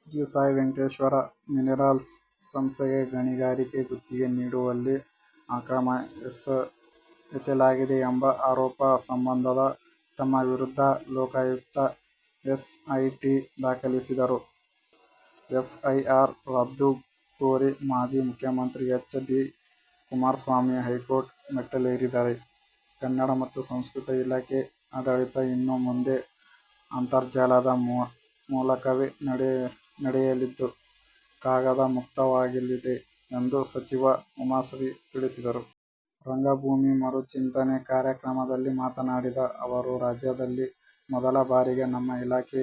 Shri Sai Venkateshwara minerals ಸಂಸ್ಥೆಗೆ ಗಣಿಗಾರಿಕೆ ಗುತ್ತಿಗೆ ನೀಡುವಲ್ಲಿ ಅಕ್ರಮ ಎಸಲಾಗಿದೆ ಎಂಬ ಆರೋಪ ಸಂಬಂಧ ತಮ್ಮ ವಿರುದ್ಧ ಲೋಕಾಯುಕ್ತ ಎಸ್ಐಟಿ ದಾಖಲಿಸಿರುವ ಎಫ್ಐಆರ್ ರದ್ದು ಕೋರಿ ಮಾಜಿ ಮುಖ್ಯಮಂತ್ರಿ ಎಚ್. ಡಿ. ಕುಮಾರಸ್ವಾಮಿ ಹೈಕೋರ್ಟ್ ಮೆಟ್ಟಿಲೇರಿದ್ದಾರೆ. ಕನ್ನಡ ಮತ್ತು ಸಂಸ್ಕೃತಿ ಇಲಾಖೆ ಆಡಳಿತ ಇನ್ನು ಮುಂದೆ ಅಂತರ್ಜಾಲದ ಮೂಲಕವೇ ನಡೆಯಲಿದ್ದು ಕಾಗದ ಮುಕ್ತವಾಗಲಿದೆ ಎಂದು ಸಚಿವೆ ಉಮಾಶ್ರೀ ತಿಳಿಸಿದರು. "ರಂಗಭೂಮಿ ಮರುಚಿಂತನೆ' ಕಾರ್ಯಕ್ರಮದಲ್ಲಿ ಮಾತನಾಡಿದ ಅವರು, ರಾಜ್ಯದಲ್ಲಿ ಮೊದಲ ಬಾರಿಗೆ ನಮ್ಮ ಇಲಾಖೆ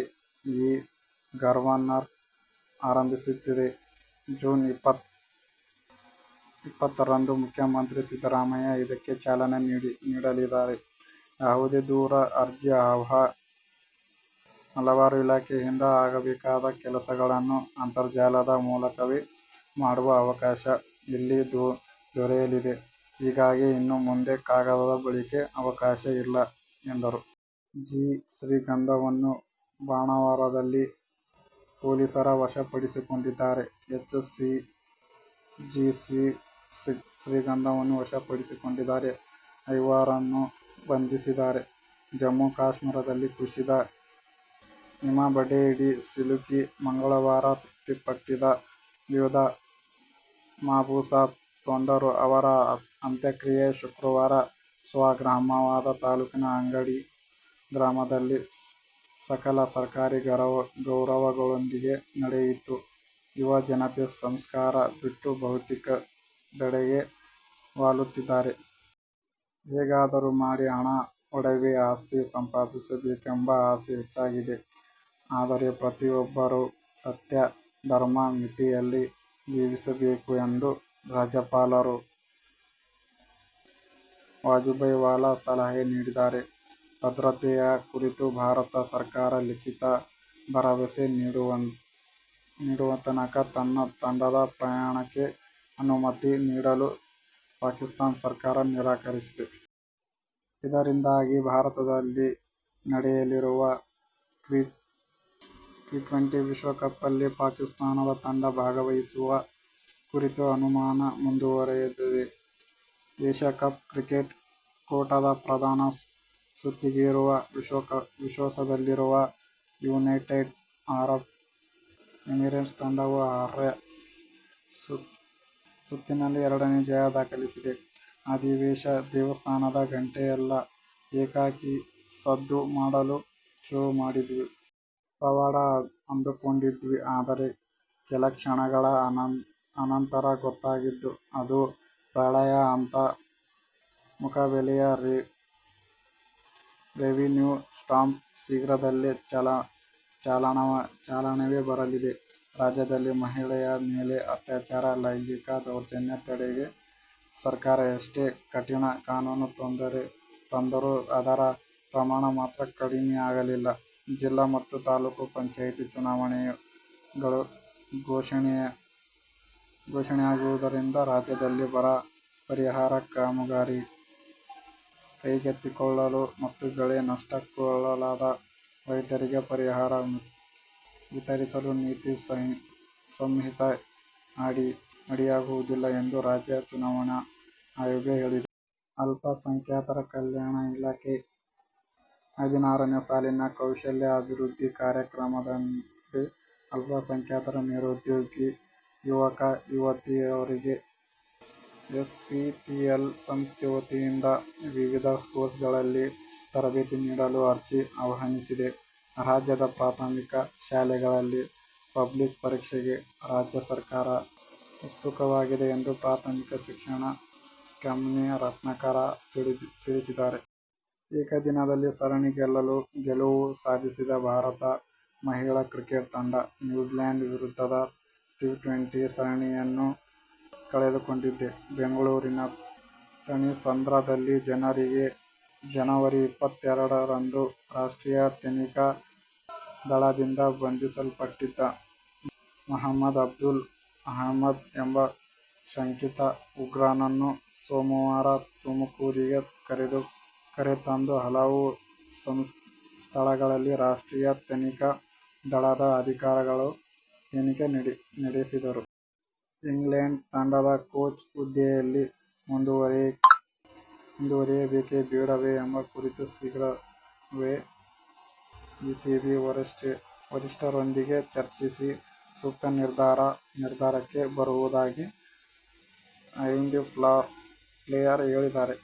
ಇ-ಗವರ್ನನ್ಸ್ ಆರಂಭಿಸುತ್ತಿದೆ. ಜೂನ್ ಇಪ್ಪತ್ತಾರರಂದು ಮುಖ್ಯಮಂತ್ರಿ ಸಿದ್ದರಾಮಯ್ಯ ಇದಕ್ಕೆ ಚಾಲನೆ ನೀಡಲಿದ್ದಾರೆ. ಯಾವುದೇ ದೂರು, ಅರ್ಜಿ, ಅಹವಾಲು, ಇಲಾಖೆಯಿಂದ ಆಗಬೇಕಾದ ಕೆಲಸಗಳನ್ನು ಅಂತರ್ಜಾಲದ ಮೂಲಕವೇ ಮಾಡುವ ಅವಕಾಶ ಇಲ್ಲಿ ದೊರೆಯಲಿದೆ. ಹೀಗಾಗಿ ಇನ್ನು ಮುಂದೆ ಕಾಗದದ ಬಳಕೆಗೆ ಅವಕಾಶ ಇಲ್ಲ ಎಂದರು. ಜಿ. ಶ್ರೀಗಂಧವನ್ನು ಬಾಣಾವರದಲ್ಲಿ ಪೊಲೀಸರು ವಶಪಡಿಸಿಕೊಂಡಿದ್ದಾರೆ. ಎಚ್. ಜಿ. ಶ್ರೀಗಂಧವನ್ನು ವಶ ಪಡಿಸಿಕೊಂಡಿದ್ದಾರೆ. ಐವರನ್ನು ಬಂಧಿಸಿದ್ದಾರೆ. ಜಮ್ಮು-ಕಾಶ್ಮೀರದಲ್ಲಿ ಕುಸಿದ ಹಿಮಬಂಡೆಯಡಿ ಸಿಲುಕಿ ಮಂಗಳವಾರ ಮೃತಪಟ್ಟಿದ್ದ ಯೋಧ ಮಾಬುಸಾಬ್ ತೊಂಡೂರ ಅವರ ಅಂತ್ಯಕ್ರಿಯೆ ಶುಕ್ರವಾರ ಸ್ವಗ್ರಾಮವಾದ ತಾಲೂಕಿನ ಅಗಡಿ ಗ್ರಾಮದಲ್ಲಿ ಸಕಲ ಸರ್ಕಾರಿ ಗೌರವಗಳೊಂದಿಗೆ ನಡೆಯಿತು. ಯುವ ಜನತೆ ಸಂಸ್ಕಾರ ಬಿಟ್ಟು ಭೌತಿಕದೆಡೆಗೆ ವಾಲುತ್ತಿದ್ದಾರೆ. ಹೇಗಾದರೂ ಮಾಡಿ ಹಣ, ಒಡವೆ, ಆಸ್ತಿ ಸಂಪಾದಿಸಬೇಕೆಂಬ ಆಸೆ ಹೆಚ್ಚಾಗಿದೆ. ಆದರೆ, ಪ್ರತಿಯೊಬ್ಬರೂ ಸತ್ಯ, ಧರ್ಮದ ಮಿತಿಯಲ್ಲಿ ಜೀವಿಸಬೇಕು ಎಂದು ರಾಜ್ಯಪಾಲ ವಜೂಭಾಯಿ ವಾಲಾ ಸಲಹೆ ನೀಡಿದ್ದಾರೆ. ಭದ್ರತೆಯ ಕುರಿತು ಭಾರತ ಸರಕಾರ ಲಿಖಿತ ಭರವಸೆ ನೀಡುವತನಕ ತನ್ನ ತಂಡದ ಪ್ರಯಾಣಕ್ಕೆ ಅನುಮತಿ ನೀಡಲು ಪಾಕಿಸ್ಥಾನ ಸರಕಾರ ನಿರಾಕರಿಸಿದೆ. ಇದರಿಂದಾಗಿ ಭಾರತದಲ್ಲಿ ನಡೆಯಲಿರುವ ಟ್ವೆಂಟಿ-ಟ್ವೆಂಟಿ ವಿಶ್ವಕಪ್ನಲ್ಲಿ ಪಾಕಿಸ್ಥಾನ ತಂಡ ಭಾಗವಹಿಸುವ ಕುರಿತ ಅನುಮಾನ ಮುಂದುವರೆದಿದೆ. ಏಶ್ಯ ಕಪ್ ಕ್ರಿಕೆಟ್ ಕೂಟದ ಪ್ರಧಾನ ಸುತ್ತಿಗೇರುವ ವಿಶ್ವಾಸದಲ್ಲಿರುವ ಯುನೈಟೆಡ್ ಅರಬ್ ಎಮಿರೇಟ್ಸ್ ತಂಡವು ಅರ್ಹತಾ ಸುತ್ತಿನಲ್ಲಿ ಎರಡನೇ ಜಯ ದಾಖಲಿಸಿದೆ. "ಆದಿಶೇಷ ದೇವಸ್ಥಾನದ ಗಂಟೆಗಳೆಲ್ಲಾ ಏಕಾಏಕಿ ಸದ್ದು ಮಾಡಲು ಶುರು ಮಾಡಿದ್ವು. ಪವಾಡ ಅಂದ್ಕೊಂಡಿದ್ವಿ. ಆದ್ರೆ ಕೆಲಕ್ಷಣಗಳ ಅನಂತರ ಗೊತ್ತಾಗಿದ್ದು ಅದು ಪ್ರಳಯ ಅಂತ. ಮುಖಬೆಲೆಯ ರೆವಿನ್ಯೂ ಸ್ಟಾಂಪ್ ಶೀಘ್ರದಲ್ಲೇ ಚಲಾವಣೆಗೆ ಬರಲಿದೆ. ರಾಜ್ಯದಲ್ಲಿ ಮಹಿಳೆಯರ ಮೇಲಿನ ಅತ್ಯಾಚಾರ, ಲೈಂಗಿಕ ದೌರ್ಜನ್ಯ ತಡೆಗೆ ಸರ್ಕಾರ ಎಷ್ಟೇ ಕಠಿಣ ಕಾನೂನು ತಂದರೂ ಅದರ ಪ್ರಮಾಣ ಮಾತ್ರ ಕಡಿಮೆಯಾಗಿಲ್ಲ. ಜಿಲ್ಲಾ ಮತ್ತು ತಾಲೂಕು ಪಂಚಾಯ್ತಿ ಚುನಾವಣೆಗಳು ಘೋಷಣೆಯಾಗಿರುವುದರಿಂದ ರಾಜ್ಯದಲ್ಲಿ ಬರ ಪರಿಹಾರ ಕಾಮಗಾರಿ ಕೈಗೆತ್ತಿಕೊಳ್ಳಲು ಮತ್ತು ಬೆಳೆ ನಷ್ಟಕ್ಕೊಳಗಾದ ರೈತರಿಗೆ ಪರಿಹಾರ ವಿತರಿಸಲು ನೀತಿ ಸಂಹಿತೆ ಅಡ್ಡಿಯಾಗುವುದಿಲ್ಲ ಎಂದು ರಾಜ್ಯ ಚುನಾವಣಾ ಆಯೋಗ ಹೇಳಿದೆ. ಅಲ್ಪಸಂಖ್ಯಾತರ ಕಲ್ಯಾಣ ಇಲಾಖೆ ಹದಿನಾರನೇ ಸಾಲಿನ ಕೌಶಲ್ಯ ಅಭಿವೃದ್ಧಿ ಕಾರ್ಯಕ್ರಮದಡಿ ಅಲ್ಪಸಂಖ್ಯಾತ ನಿರುದ್ಯೋಗಿ ಯುವಕ-ಯುವತಿಯರಿಗೆ ಎಸಿಸಿಪಿಎಲ್ ಸಂಸ್ಥೆ ವತಿಯಿಂದ ವಿವಿಧ ಕೋರ್ಸುಗಳಲ್ಲಿ ತರಬೇತಿ ನೀಡಲು ಅರ್ಜಿ ಆಹ್ವಾನಿಸಿದೆ. ರಾಜ್ಯದ ಪ್ರಾಥಮಿಕ ಶಾಲೆಗಳಲ್ಲಿ ಪಬ್ಲಿಕ್ ಪರೀಕ್ಷೆಗೆ ರಾಜ್ಯ ಸರ್ಕಾರ ಉತ್ಸುಕವಾಗಿದೆ ಎಂದು ಪ್ರಾಥಮಿಕ ಶಿಕ್ಷಣ ಕಿಮ್ಮನೆ ರತ್ನಾಕರ ತಿಳಿಸಿದ್ದಾರೆ. ಏಕದಿನದಲ್ಲಿ ಸರಣಿ ಗೆಲುವು ಸಾಧಿಸಿದ್ದ ಭಾರತ ಮಹಿಳಾ ಕ್ರಿಕೆಟ್ ತಂಡ ನ್ಯೂಜಿಲ್ಯಾಂಡ್ ವಿರುದ್ಧದ ಟಿ-ಟ್ವೆಂಟಿ ಸರಣಿಯನ್ನು ಕಳೆದುಕೊಂಡಿದೆ. ಬೆಂಗಳೂರಿನ ಥಣಿಸಂದ್ರದಲ್ಲಿ ಜನವರಿ ಇಪ್ಪತ್ತೆರಡರಂದು ರಾಷ್ಟ್ರೀಯ ತನಿಖಾ ದಳದಿಂದ ಬಂಧಿಸಲ್ಪಟ್ಟಿದ್ದ ಮಹಮದ್ ಅಬ್ದುಲ್ ಅಹಮದ್ ಎಂಬ ಶಂಕಿತ ಉಗ್ರನನ್ನು ಸೋಮವಾರ ತುಮಕೂರಿಗೆ ಕರೆತಂದು ಹಲವು ಸ್ಥಳಗಳಲ್ಲಿ ರಾಷ್ಟ್ರೀಯ ತನಿಖಾ ದಳದ ಅಧಿಕಾರಿಗಳು ತನಿಖೆ ನಡೆಸಿದರು. ಇಂಗ್ಲಂಡ್ ತಂಡದ ಕೋಚ್ ಹುದ್ದೆಯಲ್ಲಿ ಮುಂದುವರಿಯಬೇಕೇ ಬೇಡವೇ ಎಂಬ ಕುರಿತು ಶೀಘ್ರವೇ ಇಸಿಬಿ ವರಿಷ್ಠರೊಂದಿಗೆ ಚರ್ಚಿಸಿ ಸೂಕ್ತ ನಿರ್ಧಾರಕ್ಕೆ ಬರುವುದಾಗಿ ಆ್ಯಂಡಿ ಫ್ಲವರ್ ಹೇಳಿದ್ದಾರೆ.